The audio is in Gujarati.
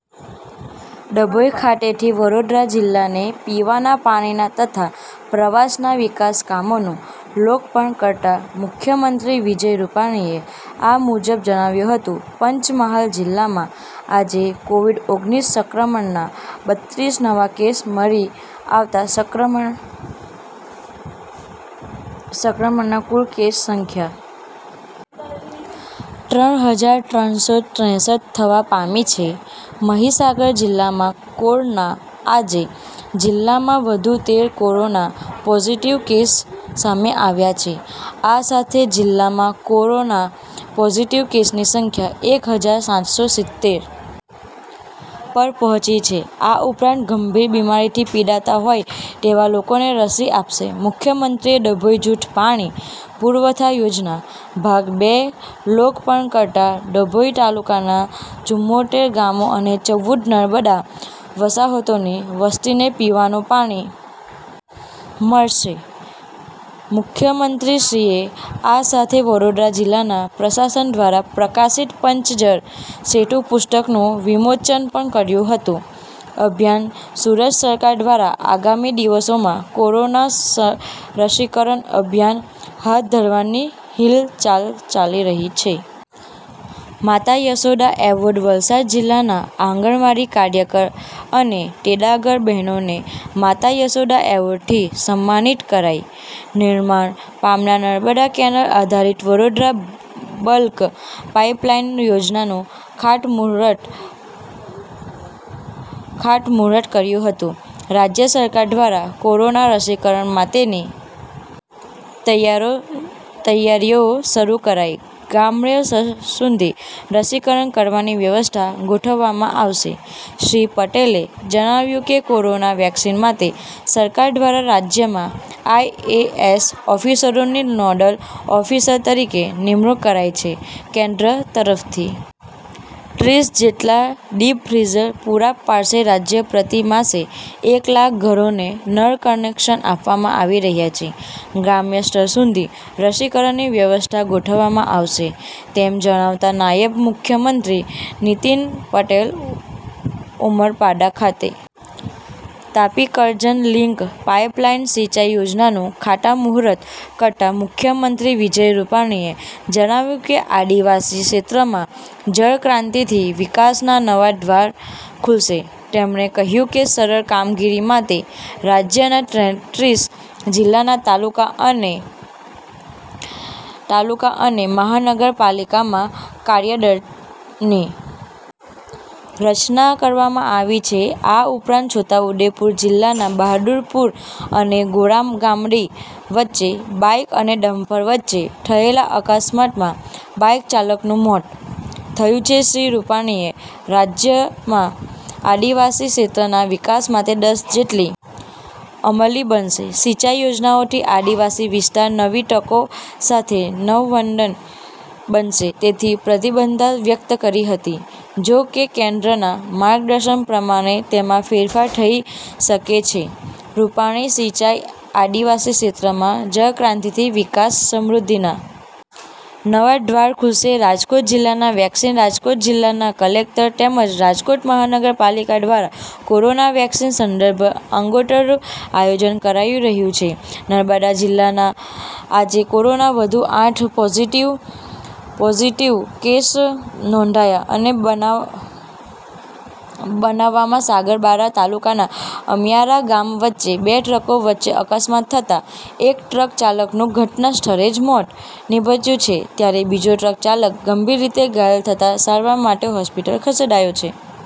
ડભોઈ ખાતેથી વડોદરા જિલ્લાને પીવાના પાણીના તથા પ્રવાસનના વિકાસ કામોનું લોકાર્પણ કરતાં મુખ્યમંત્રી વિજય રૂપાણીએ આ મુજબ જણાવ્યું હતું પંચમહાલ જિલ્લામાં આજે કોવિડ ઓગણીસ સંક્રમણના બત્રીસ નવા કેસ મળી આવતા સંક્રમણના કુલ કેસની સંખ્યા ત્રણ હજાર ત્રણ સો ત્રેસઠ થવા પામી છે મહીસાગર જિલ્લામાં કોરના આજે જિલ્લામાં વધુ તેર કોરોના પોઝિટિવ કેસ સામે આવ્યા છે આ સાથે જિલ્લામાં કોરાના પોઝિટીવ કેસની સંખ્યા એક હજાર સાત સો સિત્તેર પર પહોંચી છે આ ઉપરાંત ગંભીર બિમારીથી પીડાતા હોય તેવા લોકોને રસી અપાશે મુખ્યમંત્રીએ ડભોઈ જૂથ પાણી પુરવઠા યોજના ભાગ બે લોકાર્પણ કરતા ડભોઈ તાલુકાના ચુમોતેર ગામો અને ચૌદ નર્મદા વસાહતોની વસ્તીને પીવાનું પાણી મળશે મુખ્યમંત્રીશ્રી એ આ સાથે વડોદરા જિલ્લા પ્રશાસન દ્રારા પ્રકાશિત પંચ જળ સેતુ પુસ્તકનું વિમોચન પણ કર્યું હતું અભિયાન સુરત સરકાર દ્વારા આગામી દિવસોમાં કોરોના રસીકરણ અભિયાન હાથ ધરવાની હિલચાલ ચાલી રહી છે માતા યશોદા એવોર્ડ વલસાડ જિલ્લાનાં આંગણવાડી કાર્યકર અને તેડાગર બહેનોને માતા યશોદા એવોર્ડથી સન્માનિત કરાઈ નિર્માણ પામનાર નર્મદા કેનાલ આધારીત વડોદરા બલ્ક પાઈપલાઈન યોજનાનું ખાતમુહુર્ત કર્યું હતું રાજ્ય સરકાર દ્વારા કોરોના રસીકરણ માટેની તૈયાઓ તૈયારીઓ શરૂ કરાઇ ગ્રામ્ય સ્તર સુધી રસીકરણ કરવાની વ્યવસ્થા ગોઠવવામાં આવશે શ્રી પટેલે જણાવ્યું કે કોરોના વેક્સિન માટે સરકાર દ્વારા રાજ્યમાં આઈ એ એસ ઓફિસરોની નોડલ ઓફિસર તરીકે નિમણૂક કરાઈ છે કેન્દ્ર તરફથી ત્રીસ જેટલાં ડીપ ફ્રીજ પૂરા પડાશે રાજ્યમાં પ્રતિ માસે એક લાખ ઘરોને નળ કનેકશન આપવામાં આવી રહ્યા છે ગ્રામ્ય સ્તર સુધી રસીકરણની વ્યવસ્થા ગોઠવવામાં આવશે તેમ જણાવતા નાયબ મુખ્યમંત્રી નીતિન પટેલ ઉમરપાડા ખાતે તાપીકરજણ લીંક પાઇપલાઇન સિંચાઇ યોજનાનું ખાતમુહુર્ત કરતાં મુખ્યમંત્રી વિજય રૂપાણીએ જણાવ્યુ કે આદિવાસી ક્ષેત્રમાં જળક્રાંતિથી વિકાસના નવા દ્વાર ખુલશે તેમણે કહ્યું કે સરળ કામગીરી માટે રાજ્યના તેત્રીસ જિલ્લાના તાલુકા અને મહાનગર પાલીકામાં કાર્યદળની રચના કરવામાં આવી છે આ ઉપરાંત છોટાઉદેપુર જિલ્લાનાં બહાદુરપુર અને ગોળાગામડી વચ્ચે બાઈક અને ડમ્પર વચ્ચે થયેલા અકસ્માતમાં બાઈક ચાલકનું મોત થયું છે શ્રી રૂપાણી એ રાજ્યનાં આદિવાસી ક્ષેત્રના વિકાસ માટે દસ જેટલી અમલી બનેલી સિંચાઈ યોજનાઓથી આદિવાસી વિસ્તાર નવી તકો સાથે નંદનવન બનશે તેવી પ્રતિબધ્ધતા વ્યકત કરી હતી જો કે કેન્દ્રના માર્ગદર્શન પ્રમાણ તેમાં ફેરફાર થઈ શકે છે રૂપાણી સિંચાઈ આદિવાસી ક્ષેત્રમાં જળક્રાંતિથી વિકાસ સમૃધ્ધિના નવા દ્વાર ખુલશે રાજકોટ જિલ્લા વેક્સિન રાજકોટ જિલ્લા કલેકટર તેમજ રાજકોટ મહાનગરપાલિકા દ્વારા કોરોના વેક્સિન સંદર્ભે આગોતરુ આયોજન કરાઈ રહ્યું છે નર્મદા જિલ્લામાં આજે કોરોનનાં વધુ આઠ કેસ પોઝિટિવ નોંધાયા અન્ય બનાવમાં સાગબારા તાલુકાનાં અમિયારા ગામ વચ્ચે બે ટ્રકો વચ્ચે અકસ્માત થતા એક ટ્રક ચાલકનું ધટના સ્થળે જ મોત નીપજ્યું છે ત્યારે બીજો ટ્રક ચાલક ગંભીર રીતે ધાયલ થતાં સારવાર માટે હોસ્પીટલ ખસેડાયો છે